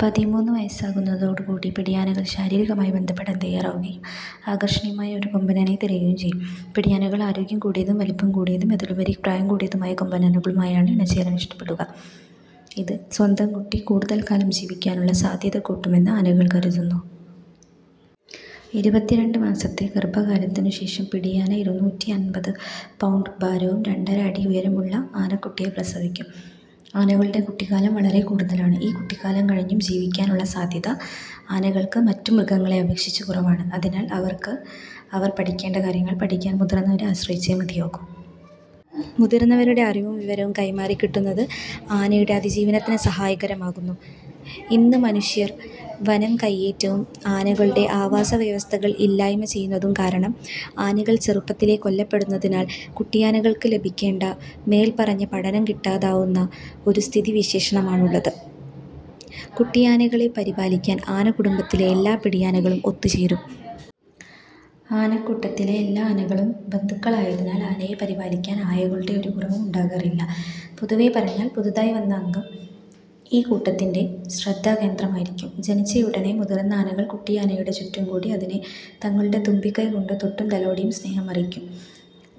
പതിമൂന്ന് വയസ്സാകുന്നതോട് കൂടി പിടിയാനകൾ ശാരീരികമായി ബന്ധപ്പെടാൻ തയ്യാറാവുകയും, ആകർഷണീയമായ ഒരു കൊമ്പനാനയെ തിരയുകയും ചെയ്യും. പിടിയാനകൾ ആരോഗ്യം കൂടിയതും, വലിപ്പം കൂടിയതും, അതിലുമുപരി പ്രായം കൂടിയതുമായ കൊമ്പനാനകളുമായാണ് ഇണചേരാൻ ഇഷ്ടപ്പെടുക. ഇത് സ്വന്തം കുട്ടി, കൂടുതൽ കാലം ജീവിക്കാനുള്ള സാധ്യത കൂട്ടുമെന്ന് ആനകൾ കരുതുന്നു. ഇരുപത്തി രണ്ട് മാസത്തെ ഗർഭകാലത്തിനു ശേഷം, പിടിയാന ഇരുന്നൂറ്റി അൻപത് പൗണ്ട് ഭാരവും രണ്ടര അടി ഉയരവും ഉള്ള ആനക്കുട്ടിയെ പ്രസവിക്കും. ആനകളുടെ കുട്ടിക്കാലം വളരെ കൂടുതലാണ്. ഈ കുട്ടിക്കാലം കഴിഞ്ഞും ജീവിക്കാനുള്ള സാധ്യത ആനകൾക്ക് മറ്റ് മൃഗങ്ങളെ അപേക്ഷിച്ച് കുറവാണ്. അതിനാൽ, അവർക്ക് അവർ പഠിക്കേണ്ട കാര്യങ്ങൾ പഠിക്കാൻ മുതിർന്നവരെ ആശ്രയിച്ചേ മതിയാകൂ. മുതിർന്നവരുടെ അറിവും വിവരവും കൈമാറി കിട്ടുന്നത് ആനയുടെ അതിജീവനത്തിന് സഹായകരമാകുന്നു. ഇന്ന് മനുഷ്യർ വനം കയ്യേറ്റവും, ആനകളുടെ ആവാസവ്യവസ്ഥകൾ ഇല്ലായ്മ ചെയ്യുന്നതും കാരണം ആനകൾ ചെറുപ്പത്തിലേ കൊല്ലപ്പെടുന്നതിനാൽ കുട്ടിയാനകൾക്ക് ലഭിക്കേണ്ട മേൽപ്പറഞ്ഞ പഠനം കിട്ടാതാവുന്ന ഒരു സ്ഥിതിവിശേഷമാണുള്ളത്. കുട്ടിയാനകളെ പരിപാലിക്കാൻ ആനക്കുടുംബത്തിലെ എല്ലാ പിടിയാനകളും ഒത്ത് ചേരും. ആനക്കൂട്ടത്തിലെ എല്ലാ ആനകളും ബന്ധുക്കളായതിനാൽ ആനയെ പരിപാലിക്കാൻ ആയകളുടെ ഒരു കുറവും ഉണ്ടാകാറില്ല. പൊതുവേ പറഞ്ഞാൽ, പുതുതായി വന്ന അംഗം ഈ കൂട്ടത്തിന്റെ ശ്രദ്ധാകേന്ദ്രമായിരിക്കും. ജനിച്ചയുടെനെ മുതിർന്ന ആനകൾ കുട്ടിയാനയുടെ ചുറ്റുംകൂടി അതിനെ തങ്ങളുടെ തുമ്പിക്കൈ കൊണ്ട് തൊട്ടും തലോടിയും സ്നേഹമറിയിക്കും.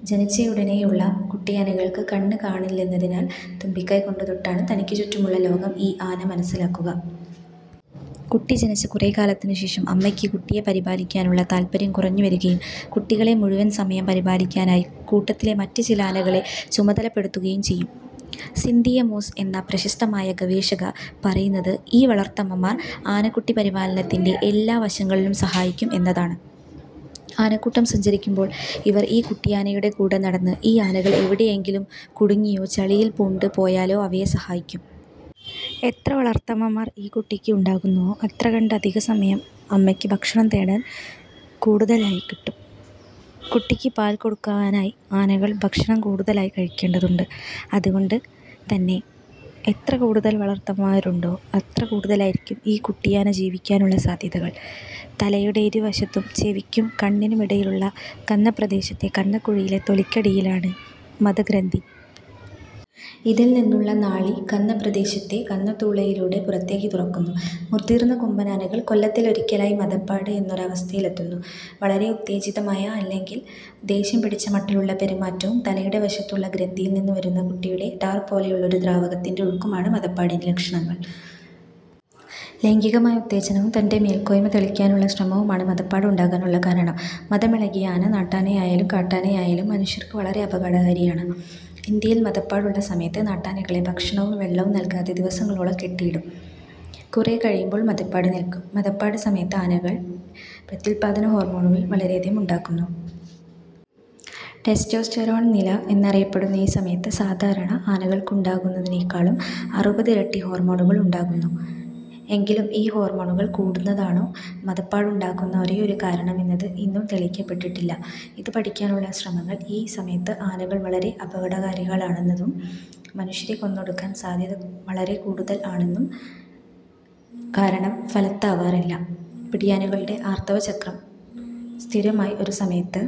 ജനിച്ചയുടെനേയുള്ള കുട്ടിയാനകൾക്ക് കണ്ണ് കാണില്ലെന്നതിനാൽ തുമ്പിക്കൈ കൊണ്ട് തൊട്ടാണ് തനിക്ക് ചുറ്റുമുള്ള ലോകം ഈ ആന മനസ്സിലാക്കുക. കുട്ടി ജനിച്ച് കുറേക്കാലത്തിന് ശേഷം അമ്മയ്ക്ക് കുട്ടിയെ പരിപാലിക്കാനുള്ള താത്പര്യം കുറഞ്ഞ് വരികയും, കുട്ടികളെ മുഴുവൻ സമയം പരിപാലിക്കാനായി കൂട്ടത്തിലെ മറ്റ്ചില ആനകളെ ചുമതലപ്പെടുത്തുകയും ചെയ്യും. സിന്തിയ മോസ് എന്ന പ്രശസ്തയായ ഗവേഷക പറയുന്നത് ഈ വളർത്തമ്മമാർ ആനക്കുട്ടിപരിപാലനത്തിന്റെ എല്ലാ വശങ്ങളിലും സഹായിക്കും എന്നാണ്. ആനക്കൂട്ടം സഞ്ചരിക്കുമ്പോൾ, ഇവർ ഈ കുട്ടിയാനയുടെ കൂടെ നടന്ന്, ഈ ആനകൾ എവിടെയെങ്കിലും കുടുങ്ങിയാലോ ചളിയിൽ പൂണ്ട് പോയാലോ അവയെ സഹായിക്കും. എത്ര വളർത്തമ്മമാർ ഈ കുട്ടിക്ക് ഉണ്ടാകുന്നുവോ അത്രകണ്ട് അധികസമയം അമ്മയ്ക്ക് ഭക്ഷണം തേടാൻ കൂടുതലായി കിട്ടും. കുട്ടിക്ക് പാൽ കൊടുക്കുവാനായി ആനകൾ ഭക്ഷണം കൂടുതലായി കഴിക്കേണ്ടതുണ്ട്. അത് കൊണ്ട് തന്നെ എത്ര കൂടുതൽ വളർത്തമ്മമാരുണ്ടോ അത്ര കൂടുതലായിരിക്കും ഈ കുട്ടിയാന ജീവിക്കാനുള്ള സാധ്യതകൾ. തലയുടെ ഇരുവശത്തും ചെവിയ്ക്കും കണ്ണിനും ഇടയിലുള്ള കന്നപ്രദേശത്തെ കന്നക്കുഴിയിലെ തൊലിക്കടിയിലാണ് മദഗ്രന്ഥി. ഇതിൽ നിന്നുള്ള നാളി കന്നപ്രദേശത്തെ കന്നത്തുളയിലൂടെ പുറത്തേക്ക് തുറക്കുന്നു. മുതിർന്ന കൊമ്പനാനകൾ കൊല്ലത്തിലൊരിക്കലായി മദപ്പാട് എന്ന ഒരു അവസ്ഥയിലെത്തുന്നു. വളരെ ഉത്തേജിതമായ അല്ലെങ്കിൽ ദേഷ്യം പിടിച്ച മട്ടിലുള്ള പെരുമാറ്റവും തലയുടെ വശത്തുള്ള ഗ്രന്ഥിയിൽ നിന്ന് വരുന്ന കട്ടിയുള്ള ടാർ പോലെയുള്ള ഒരു ദ്രാവകത്തിന്റെ ഒഴുക്കുമാണ് മദപ്പാടിന്റെ ലക്ഷണങ്ങൾ. ലൈംഗികമായ ഉത്തേജനവും തന്റെ മേൽക്കോയ്മ തെളിയിക്കാനുമുള്ള ശ്രമവും ആണ് ഈ മദപ്പാട് ഉണ്ടാകാനുള്ള കാരണം. മദമിളകിയ ആന, നാട്ടാനയായാലും കാട്ടാനയായാലും മനുഷ്യർക്ക് വളരെ അപകടകാരിയാണ്. ഇന്ത്യയിൽ മദപ്പാടുള്ള സമയത്ത് നാട്ടാനകളെ ഭക്ഷണവും വെള്ളവും നൽകാതെ ദിവസങ്ങളോളം കെട്ടിയിടും. കുറേ കഴിയുമ്പോൾ മദപ്പാട് നിൽക്കും. മദപ്പാട് സമയത്ത് ആനകളിൽ പ്രത്യുത്പാദന ഹോർമോണുകൾ വളരെയധികം ഉണ്ടാകുന്നു. ടെസ്റ്റ്രോസ്റ്റെറോൺ നില എന്നറിയപ്പെടുന്ന ഈ സമയത്ത് സാധാരണ ആനകൾക്കുണ്ടാകുന്നതിനേക്കാളും അറുപത് ഇരട്ടി ഹോർമോണുകൾ ഉണ്ടാകുന്നു. എങ്കിലും ഈ ഹോർമോണുകൾ കൂടുന്നതാണോ മദപ്പാടുണ്ടാക്കുന്ന ഒരേയൊരു കാരണം എന്നത് ഇന്നും തെളിയിക്കപ്പെട്ടിട്ടില്ല. ഇത് പഠിക്കാനുള്ള ശ്രമങ്ങൾ ഈ സമയത്ത് ആനകൾ വളരെ അപകടകാരികളാണെന്നതും മനുഷ്യരെ കൊന്നൊടുക്കാൻ സാധ്യത വളരെക്കൂടുതൽ ആണെന്നതും കാരണം ഫലവത്താവാറില്ല. പിടിയാനകളുടെ ആർത്തവചക്രം സ്ഥിരമായി ഒരു സമയത്ത്